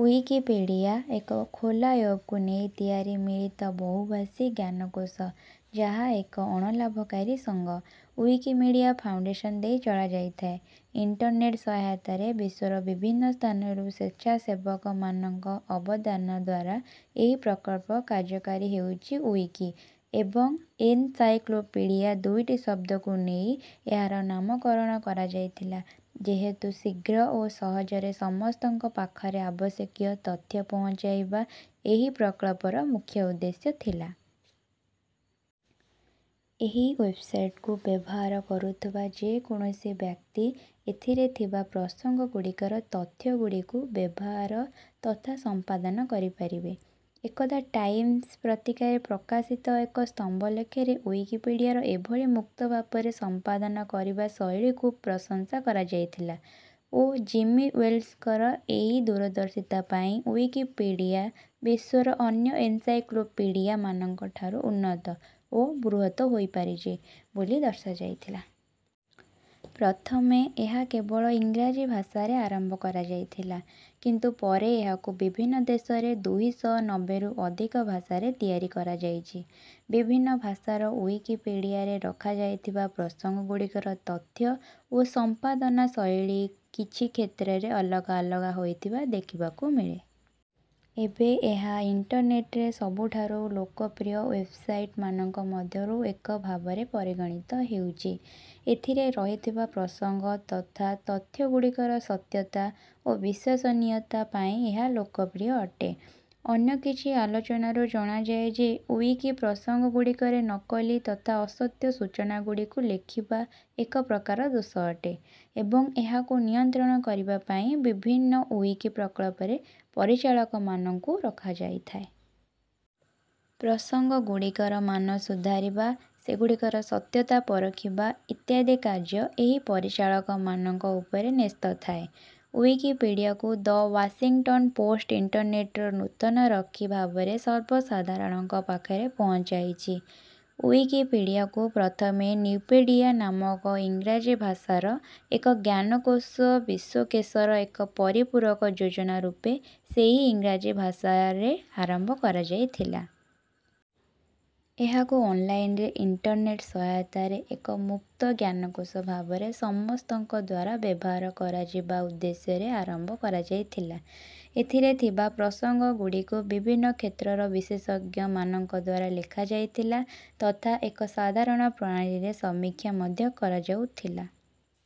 Wikipedia ଏକ ଖୋଲା ୱେବକୁ ନେଇ ତିଆରି ମିଳିତ ବହୁଭାଷୀ ଜ୍ଞାନକୋଷ ଯାହା ଏକ ଅଣଲାଭକାରୀ ସଙ୍ଘ ଉଇକିମିଡ଼ିଆ ଫାଉଣ୍ଡେସନ ଦେଇ ଚଳାଯାଇଥାଏ। ଇଣ୍ଟର୍ନେଟ ସହାୟତାରେ ବିଶ୍ୱର ବିଭିନ୍ନ ସ୍ଥାନରୁ ସ୍ୱେଚ୍ଛାସେବକ ମାନଙ୍କ ଅବଦାନଦ୍ୱାରା ଏହି ପ୍ରକଳ୍ପ କାର୍ଯ୍ୟକାରୀ ହେଉଛି ଉଇକି ଏବଂ ଏନସାଇକ୍ଲୋପିଡ଼ିଆ ଦୁଇଟି ଶବ୍ଦକୂ ନେଇ ଏହାର ନାମକରଣ କରାଯାଇଥିଲା ଯେହେତୁ ଶୀଘ୍ର ଓ ସହଜରେ ସମସ୍ତଙ୍କ ପାଖରେ ଆବଶ୍ୟକୀୟ ତଥ୍ୟ ପହଞ୍ଚାଇବା ଏହି ପ୍ରକଳ୍ପର ମୁଖ୍ୟ ଉଦ୍ଦେଶ୍ୟ ଥିଲା। ଏହି ୱେବସାଇଟକୁ ବ୍ୟବହାର କରୁଥିବା ଯେକୌଣସି ବ୍ୟକ୍ତି ଏଥିରେ ଥିବା ପ୍ରସଙ୍ଗ ଗୁଡ଼ିକର ତଥ୍ୟ ଗୁଡ଼ିକୁ ବ୍ୟବହାର ତଥା ସମ୍ପାଦନା କରିପାରିବେ। ଏକଦା ଟାଇମ୍ସ ପତ୍ରିକାରେ ପ୍ରକାଶିତ ଏକ ସ୍ତମ୍ଭଲେଖରେ ଉଇକିପିଡ଼ିଆର ଏଭଳି ମୁକ୍ତ ଭାବରେ ସମ୍ପାଦନା କରିବା ଶୈଳୀ କୁ ପ୍ରଶଂସା କରାଯାଇଥିଲା ଓ ଜିମି ୱେଲ୍ସଙ୍କର ଏହି ଦୂରଦର୍ଶିତା ପାଇଁ ଉଇକିପିଡ଼ିଆ ବିଶ୍ୱର ଅନ୍ୟ ଏନସାଇକ୍ଲୋପିଡ଼ିଆ ମାନଙ୍କ ଠାରୁ ଉନ୍ନତ ଓ ବୃହତ ହୋଇପାରିଛି ବୋଲି ଦର୍ଶା ଯାଇଥିଲା। ପ୍ରଥମେ ଏହା କେବଳ ଇଂରାଜୀ ଭାଷାରେ ଆରମ୍ଭ କରଯାଇଥିଲା। କିନ୍ତୁ ପରେ ଏହାକୁ ବିଭିନ୍ନ ଦେଶରେ ଦୁଇଶ ନବେରୁ ଅଧିକ ଭାଷାରେ ତିଆରି କରଯାଇଛି। ବିଭିନ୍ନ ଭାଷାର ଉଇକିପିଡ଼ିଆରେ ରଖାଯାଇଥିବା ପ୍ରସଙ୍ଗ ଗୁଡ଼ିକର ତଥ୍ୟ ଓ ସମ୍ପାଦନା ଶୈଳୀ କିଛି କ୍ଷେତ୍ରରେ ଅଲଗା ଅଲଗା ହୋଇଥିବା ଦେଖିବାକୁ ମିଳେ। ଏବେ ଏହା ଇଣ୍ଟର୍ନେଟରେ ସବୁଠାରୁ ଲୋକପ୍ରିୟ ୱେବସାଇଟ ମାନଙ୍କ ମଧ୍ୟରୁ ଏକ ଭାବରେ ପରିଗଣିତ ହେଉଛି। ଏଥିରେ ରହିଥିବା ପ୍ରସଙ୍ଗ ତଥା ତଥ୍ୟ ଗୁଡ଼ିକର ସତ୍ୟତା ଓ ବିଶ୍ୱାସନୀୟତା ପାଇଁ ଏହା ଲୋକପ୍ରିୟ ଅଟେ। ଅନ୍ୟ କିଛି ଆଲୋଚନାରୁ ଜଣାଯାଏ ଯେ ଉଇକି ପ୍ରସଙ୍ଗ ଗୁଡ଼ିକରେ ନକଲି ତଥା ଅସତ୍ୟ ସୂଚନା ଗୁଡ଼ିକୁ ଲେଖିବା ଏକ ପ୍ରକାର ଦୋଷ ଅଟେ ଏବଂ ଏହାକୁ ନିୟନ୍ତ୍ରଣ କରିବା ପାଇଁ ବିଭିନ୍ନ ଉଇକି ପ୍ରକଳ୍ପରେ ପରିଚାଳକ ମାନଙ୍କୁ ରଖାଯାଇଥାଏ। ପ୍ରସଙ୍ଗ ଗୁଡ଼ିକର ମାନ ସୁଧାରିବା ସେଗୁଡ଼ିକର ସତ୍ୟତା ପରଖିବା ଇତ୍ୟାଦି କାର୍ଯ୍ୟ ଏହି ପରିଚାଳକ ମାନଙ୍କ ଉପରେ ନ୍ୟସ୍ତ ଥାଏ। ଉଇକିପିଡ଼ିଆକୁ ଦ ୱାସିଙ୍ଗଟନ ପୋଷ୍ଟ ଇଣ୍ଟର୍ନେଟର ନୂତନ ରକ୍ଷୀ ଭାବରେ ସର୍ବସାଧାରଣଙ୍କ ପାଖରେ ପହଞ୍ଚାଇଛି। ଉଇକିପିଡ଼ିଆକୁପ୍ରଥମେ ନ୍ୟୁପେଡ଼ିଆ ନାମକ ଇଂରାଜୀ ଭାଷାର ଏକ ଜ୍ଞାନକୋଷ ବିଶ୍ୱକେଷର ଏକ ପରିପୂରକ ଯୋଜନା ରୂପେ ସେହି ଇଂରାଜୀ ଭାଷାରେ ଆରମ୍ଭ କରାଯାଇଥିଲା। ଏହାକୁ ଅନଲାଇନରେ ଇଣ୍ଟର୍ନେଟ ସହାୟତାରେ ଏକ ମୁକ୍ତ ଜ୍ଞାନକୋଷ ଭାବରେ ସମସ୍ତଙ୍କଦ୍ୱାରା ବ୍ୟବହାର କରାଯିବା ଉଦ୍ଦେଶ୍ୟରେ ଆରମ୍ଭ କରଯାଇଥିଲା। ଏଥିରେ ଥିବା ପ୍ରସଙ୍ଗ ଗୁଡ଼ିକୁ ବିଭିନ୍ନ କ୍ଷେତ୍ରର ବିଶେଷଜ୍ଞ ମାନଙ୍କଦ୍ୱାରା ଲେଖା ଯାଇଥିଲା ତଥା ଏକ ସାଧାରଣ ପ୍ରଣାଳୀରେ ସମୀକ୍ଷା ମଧ୍ୟ କରଯାଉଥିଲା।